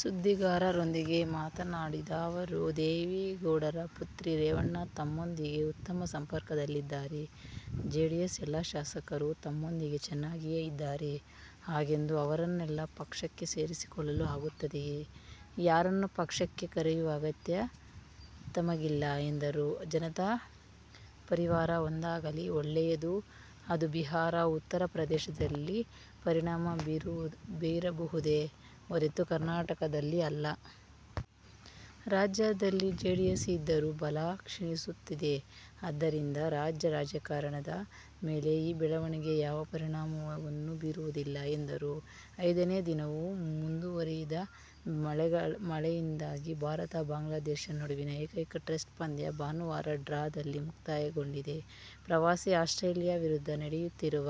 ಸುದ್ದಿಗಾರರೊಂದಿಗೆ ಮಾತನಾಡಿದ ಅವರು, ದೇವೇಗೌಡರ ಪುತ್ರ ರೇವಣ್ಣ ತಮ್ಮೊಂದಿಗೆ ಉತ್ತಮ ಸಂಪರ್ಕದಲ್ಲಿದ್ದಾರೆ. ಜೆಡಿಎಸ್ನ ಎಲ್ಲ ಶಾಸಕರು ತಮ್ಮೊಂದಿಗೆ ಚೆನ್ನಾಗಿಯೇ ಇದ್ದಾರೆ. ಹಾಗೆಂದು ಅವರನ್ನೆಲ್ಲ ಪಕ್ಷಕ್ಕೆ ಸೇರಿಸಿಕೊಳ್ಳಲು ಆಗುತ್ತದೆಯೇ? ಯಾರನ್ನು ಪಕ್ಷಕ್ಕೆ ಕರೆಯುವ ಅಗತ್ಯ ತಮಗಿಲ್ಲ ಎಂದರು. ಜನತಾ ಪರಿವಾರ ಒಂದಾಗಲಿ, ಒಳ್ಳೆಯದು. ಅದು ಬಿಹಾರ, ಉತ್ತರ ಪ್ರದೇಶದಲ್ಲಿ ಪರಿಣಾಮ ಬೀರಬಹುದೇ ಹೊರತು ಕರ್ನಾಟಕದಲ್ಲಿ ಅಲ್ಲ. ರಾಜ್ಯದಲ್ಲಿ ಜೆಡಿಎಸ್ ಇದ್ದರೂ ಬಲ ಕ್ಷೀಣಿಸುತ್ತಿದೆ. ಆದರಿಂದ ರಾಜ್ಯ ರಾಜಕಾರಣದ ಮೇಲೆ ಈ ಬೆಳವಣಿಗೆ ಯಾವ ಪರಿಣಾಮವನ್ನು ಬೀರುವುದಿಲ್ಲ ಎಂದರು. ಐದನೇ ದಿನವೂ ಮುಂದುವರಿದ ಮಳೆಯಿಂದಾಗಿ ಭಾರತ-ಬಾಂಗ್ಲಾದೇಶ ನಡುವಿನ ಏಕೈಕ ಟೆಸ್ಟ್ ಪಂದ್ಯ ಭಾನುವಾರ ಡ್ರಾದಲ್ಲಿ ಮುಕ್ತಾಯಗೊಂಡಿದೆ. ಪ್ರವಾಸಿ ಆಸ್ಟ್ರೇಲಿಯ ವಿರುದ್ಧ ನಡೆಯುತ್ತಿರುವ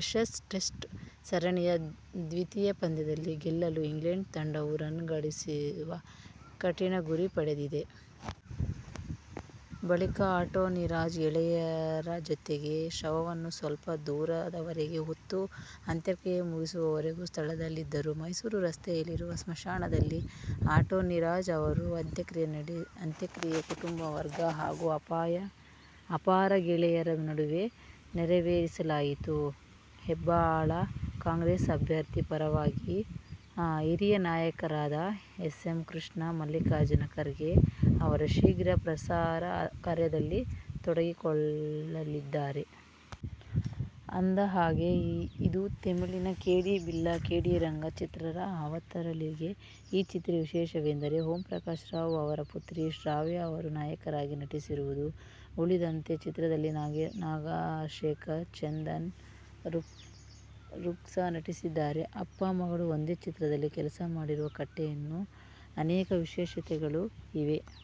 ಆ್ಯಶಸ್ ಟೆಸ್ಟ್ ಸರಣಿಯ ದ್ವಿತೀಯ ಪಂದ್ಯದಲ್ಲಿ ಗೆಲ್ಲಲು ಇಂಗ್ಲೆಂಡ್ ತಂಡವು ರನ್ ಗಳಿಸುವ ಕಠಿನ ಗುರಿ ಪಡೆದಿದೆ. ಬಳಿಕ ಆಂಟೋನಿರಾಜ್ ಗೆಳೆಯರ ಜತೆಗೆ ಶವವನ್ನು ಸ್ವಲ್ಪ ದೂರದವರೆಗೆ ಹೊತ್ತು ಅಂತ್ಯಕ್ರಿಯೆ ಮುಗಿಯುವವರೆಗೂ ಸ್ಥಳದಲ್ಲಿದ್ದರು. ಮೈಸೂರು ರಸ್ತೆಯಲ್ಲಿರುವ ಸ್ಮಶಾನದಲ್ಲಿ ಆಂಟೋನಿರಾಜ್ ಅವರ ಅಂತ್ಯಕ್ರಿಯೆ ಕುಟುಂಬ ವರ್ಗ ಹಾಗು ಅಪಾರ ಗೆಳೆಯರ ನಡುವೆ ನೆರವೇರಿಸಲಾಯಿತು. ಹೆಬ್ಟಾಳ ಕಾಂಗ್ರೆಸ್ ಅಭ್ಯರ್ಥಿ ಪರವಾಗಿ ಹಿರಿಯ ನಾಯಕರಾದ ಎಸ್. ಎಂ. ಕೃಷ್ಣ, ಮಲ್ಲಿಕಾರ್ಜುನ ಖರ್ಗೆ ಅವರು ಶೀಘ್ರ ಪ್ರಚಾರ ಕಾರ್ಯದಲ್ಲಿ ತೊಡಗಿಕೊಳ್ಳಲಿದ್ದಾರೆ. ಅಂದಹಾಗೆ, ಇದು ತಮಿಳಿನ "ಕೇಡಿ ಬಿಲ್ಲಾ ಕಿಲಾಡಿ ರಂಗ' ಚಿತ್ರದ ಅವತರಣಿಕೆ. ಈ ಚಿತ್ರದ ವಿಶೇಷವೆಂದರೆ, ಓಂಪ್ರಕಾಶ್ರಾವ್ ಅವರ ಪುತ್ರಿ ಶ್ರಾವ್ಯಾ ಅವರು ನಾಯಕಿಯಾಗಿ ನಟಿಸಿರುವುದು. ಉಳಿದಂತೆ ಚಿತ್ರದಲ್ಲಿ ನಾಗಶೇಖರ್, ಚಂದನ್, ರುಕ್ಸಾ ನಟಿಸಿದ್ದಾರೆ. ಅಪ್ಪ ಮಗಳು ಒಂದೇ ಚಿತ್ರದಲ್ಲಿ ಕೆಲಸ ಮಾಡಿರುವ "ಕಟ್ಟೆ'ಯಲ್ಲಿ ಅನೇಕ ವಿಶೇಷತೆಗಳೂ ಇವೆ.